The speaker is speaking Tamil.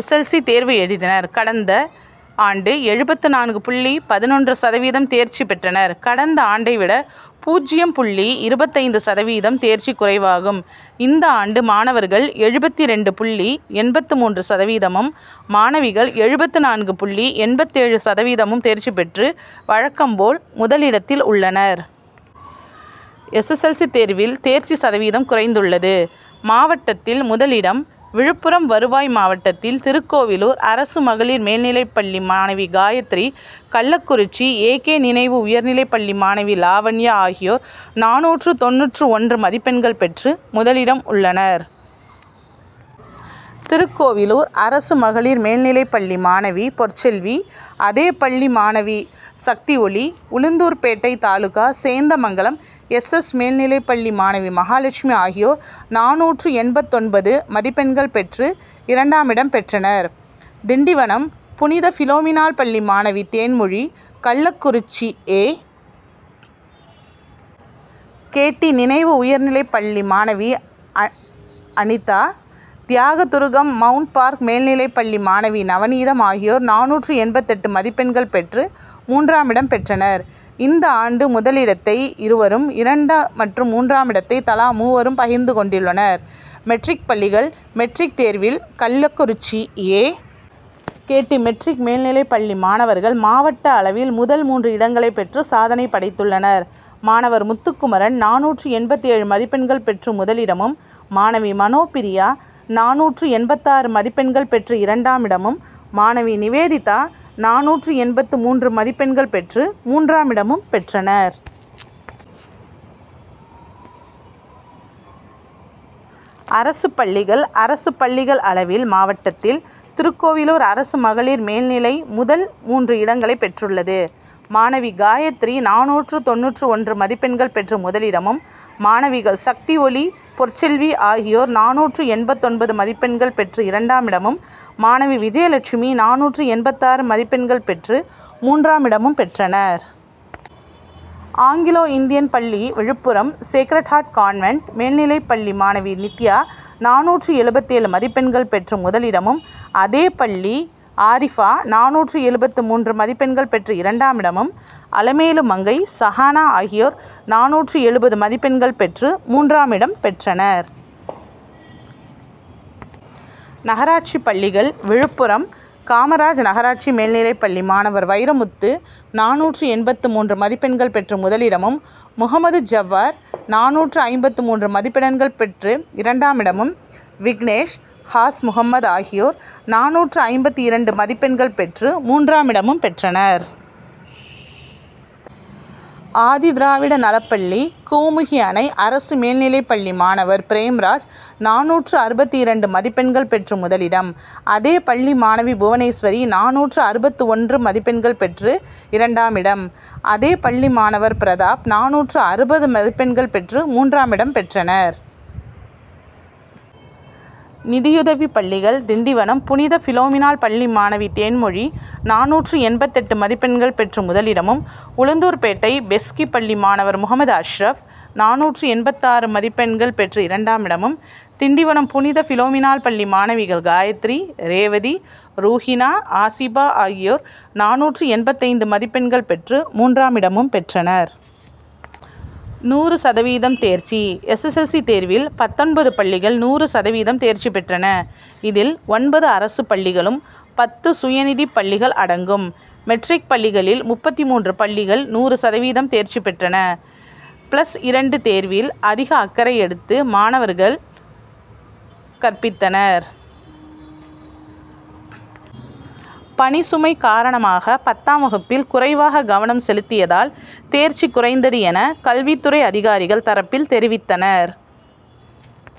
S. L. S. L. C. தேர்வு எழுதினர். கடந்த ஆண்டு எழுபத்து நான்கு புள்ளி பதினொன்று சதவீதம் தேர்ச்சி பெற்றனர். கடந்த ஆண்டை விட பூஜ்ஜியம் புள்ளி இருபத்தைந்து சதவீதம் தேர்ச்சி குறைவாகும். இந்த ஆண்டு மாணவர்கள் எழுபத்திரண்டு புள்ளி எண்பத்து மூன்று சதவீதமும், மாணவிகள் எழுபத்து நான்கு புள்ளி எண்பத்தேழு சதவீதமும் தேர்ச்சி பெற்று வழக்கம் போல் முதலிடத்தில் உள்ளனர். எஸ். எல். சி., தேர்வில் தேர்ச்சி சதவீதம் குறைந்துள்ளது. மாவட்டத்தில் முதலிடம் விழுப்புரம் வருவாய் மாவட்டத்தில் திருக் கோவிலூர் அரசு மகளிர் மேல் நிலைப்பள்ளி மாணவி காயத்திரி, கள்ளக்குறிச்சி ஏ. கே. நினைவு உயர் நிலைப்பள்ளி மாணவி லாவண்யா ஆகியோர் நானூற்று தொண்ணூற்று ஒன்று மதிப்பெண்கள் பெற்று முதலிடம் பெற்றனர். திருக்கோவிலூர் அரசு மகளிர் மேல்நிலைப் பள்ளி மாணவி பொற் செல்வி, அதே பள்ளி மாணவி Sakthioli, Ulundurpet taluka Sendamangalam S. S. மேல் நிலைப் பள்ளி மாணவி மகாலட்சுமி ஆகியோர் நானூற்று எண்பத்தொன்பது மதிப் பெண்கள் பெற்று இரண்டாமிடம் பெற்றனர். திண்டிவனம் புனித பிளோமினாள் பள்ளி மாணவி தேன்மொழி, கள்ளக்குறிச்சி ஏ. கே. டி.,நினைவு உயர்நிலைப் பள்ளி மாணவி அனிதா, தியாகதுருகம் மவுண்ட் பார்க் மேல்நிலைப் பள்ளி மாணவி நவநீதம் ஆகியோர் நானூற்று எண்பத்தெட்டு மதிப்பெண்கள் பெற்று மூன்றாமிடம் பெற்றனர். இந்த ஆண்டு முதலிடத்தை இருவரும், இரண்டு மற்றும் மூன்றாமிடத்தை தலா மூவரும் பகிர்ந்து கொண்டுள்ளனர். மெட்ரிக்பள்ளிகள் மெட்ரிக் தேர்வில் Kallakurichi A. K. T., matric மேல்நிலை பள்ளி மாணவர்கள் மாவட்ட அளவில் முதல் மூன்று இடங்களை பெற்று சாதனை படைத்துள்ளனர். மாணவர் முத்துக்குமரன் நானூற்று எண்பத்தேழு மதிப்பெண்கள் பெற்று முதலிடமும், மாணவி மனோபிரியா நானூற்று எண்பத்தாறு மதிப்பெண்கள் பெற்று இரண்டாமிடமும், மாணவி நிவேதிதா நானூற்று எண்பத்து மூன்று மதிப்பெண்கள் பெற்று மூன்றாமிடமும் பெற்றனர். அரசு பள்ளிகள் அரசு பள்ளிகள் அளவில் மாவட்டத்தில் திருக்கோவிலூர் அரசு மகளிர் மேல் நிலை முதல் மூன்று இடங்களை பெற் றுள்ளது. மாணவி காயத்ரி நானூற்று தொண்ணூற்று ஒன்று மதிப் பெண்கள் பெற்று முதலிடமும், மாணவிகள் சக்திஒளி, பொற் செல்வி ஆகியோர் நானூற்று எண்பத்தொன்பது மதிப்பெண்கள் பெற்று இரண்டாமிடமும், மாணவி விஜயலட்சுமி நானூற்று எண்பத்தாறு மதிப்பெண்கள் பெற்று மூன்றாமிடமும் பெற்றனர். ஆங்கிலோ இந்தியன் பள்ளி Viluppuram Sacred Heart Convent மேல் நிலைப் பள்ளி மாணவி நித்யா நானூற்று எழுபத்தேழு மதிப்பெண்கள் பெற்று முதலிடமும், அதே பள்ளி ஆரிபா நானூற்று எழுபத்து மூன்று மதிப்பெண்கள் பெற்று இரண்டாமிடமும், அலமேலுமங்கை, சகானா ஆகியோர் நானூற்று எழுபது மதிப்பெண்கள் பெற்று மூன்றாமிடம் பெற்றனர். நகராட்சி பள்ளிகள் விழுப்புரம் காமராஜ் நகராட்சி மேல் நிலைப்பள்ளி மாணவர் வைரமுத்து நானூற்று எண்பத்து மூன்று மதிப்பெண்கள் பெற்று முதலிடமும், முகமது ஜபார் நானூற்று ஐம்பத்து மூன்று மதிப்பெண்கள் பெற்று இரண்டாமிடமும், விக்னேஷ், ஹாஸ்முகமது ஆகியோர் நானூற்று ஐம்பத்து இரண்டு மதிப்பெண்கள் பெற்று மூன்றாமிடமும் பெற்றனர். ஆதிதிராவிட நலப்பள்ளி கோமுகி அணை அரசு மேல்நிலைப்பள்ளி மாணவர் பிரேம்ராஜ் நானூற்று அறுபத்து இரண்டு மதிப்பெண்கள் பெற்று முதலிடம், அதே பள்ளி மாணவி புவனேஸ்வரி நானூற்று அறுபத்து ஒன்று மதிப்பெண்கள் பெற்று இரண்டாமிடம், அதே பள்ளி மாணவர் பிரதாப் நானூற்று அறுபது மதிப்பெண்கள் பெற்று மூன்றாமிடம் பெற்றனர். நிதியுதவி பள்ளிகள் திண்டிவனம் புனித பிளோமினாள் பள்ளி மாணவி தேன்மொழி நானூற்று எண்பத்தெட்டு மதிப்பெண்கள் பெற்று முதலிடமும், உளுந்தூர்பேட்டை பெஸ்கி பள்ளி மாணவர் முகமது அஷரப் நானூற்று எண்பத்தாறு மதிப்பெண்கள் பெற்று இரண்டாமிடமும், திண்டிவனம் புனித பிளோமினாள் பள்ளி மாணவிகள் காயத்ரி, ரேவதி, ரூகினா ஆசிபா ஆகியோர் நானூற்று எண்பத்தைந்து மதிப்பெண்கள் பெற்று மூன்றாமிடம் பெற்றனர். நூறு சதவீதம் தேர்ச்சி எஸ். எஸ். எல். சி.,தேர்வில் பத்தொன்பது பள்ளிகள் நூறு சதவீதம் தேர்ச்சி பெற்றன. இதில் ஒன்பது அரசு பள்ளிகளும், பத்து சுய நிதி பள்ளிகள் அடங்கும். மெட்ரிக் பள்ளிகளில் முப்பத்து மூன்று பள்ளிகள் நூறு சதவீதம் தேர்ச்சி பெற்றன. பிளஸ் இரண்டு தேர்வில் அதிக அக்கறை எடுத்து ஆசிரியர்கள் மாணவர்களுக்கு கற்பித்தனர். பணி சுமை காரணமாக பத்தாம் வகுப்பில் குறைவாக கவனம் செலுத்தியதால் தேர்ச்சி குறைந்தது என கல்வித் துறை அதிகாரிகள் தரப்பில் தெரிவித்தனர்.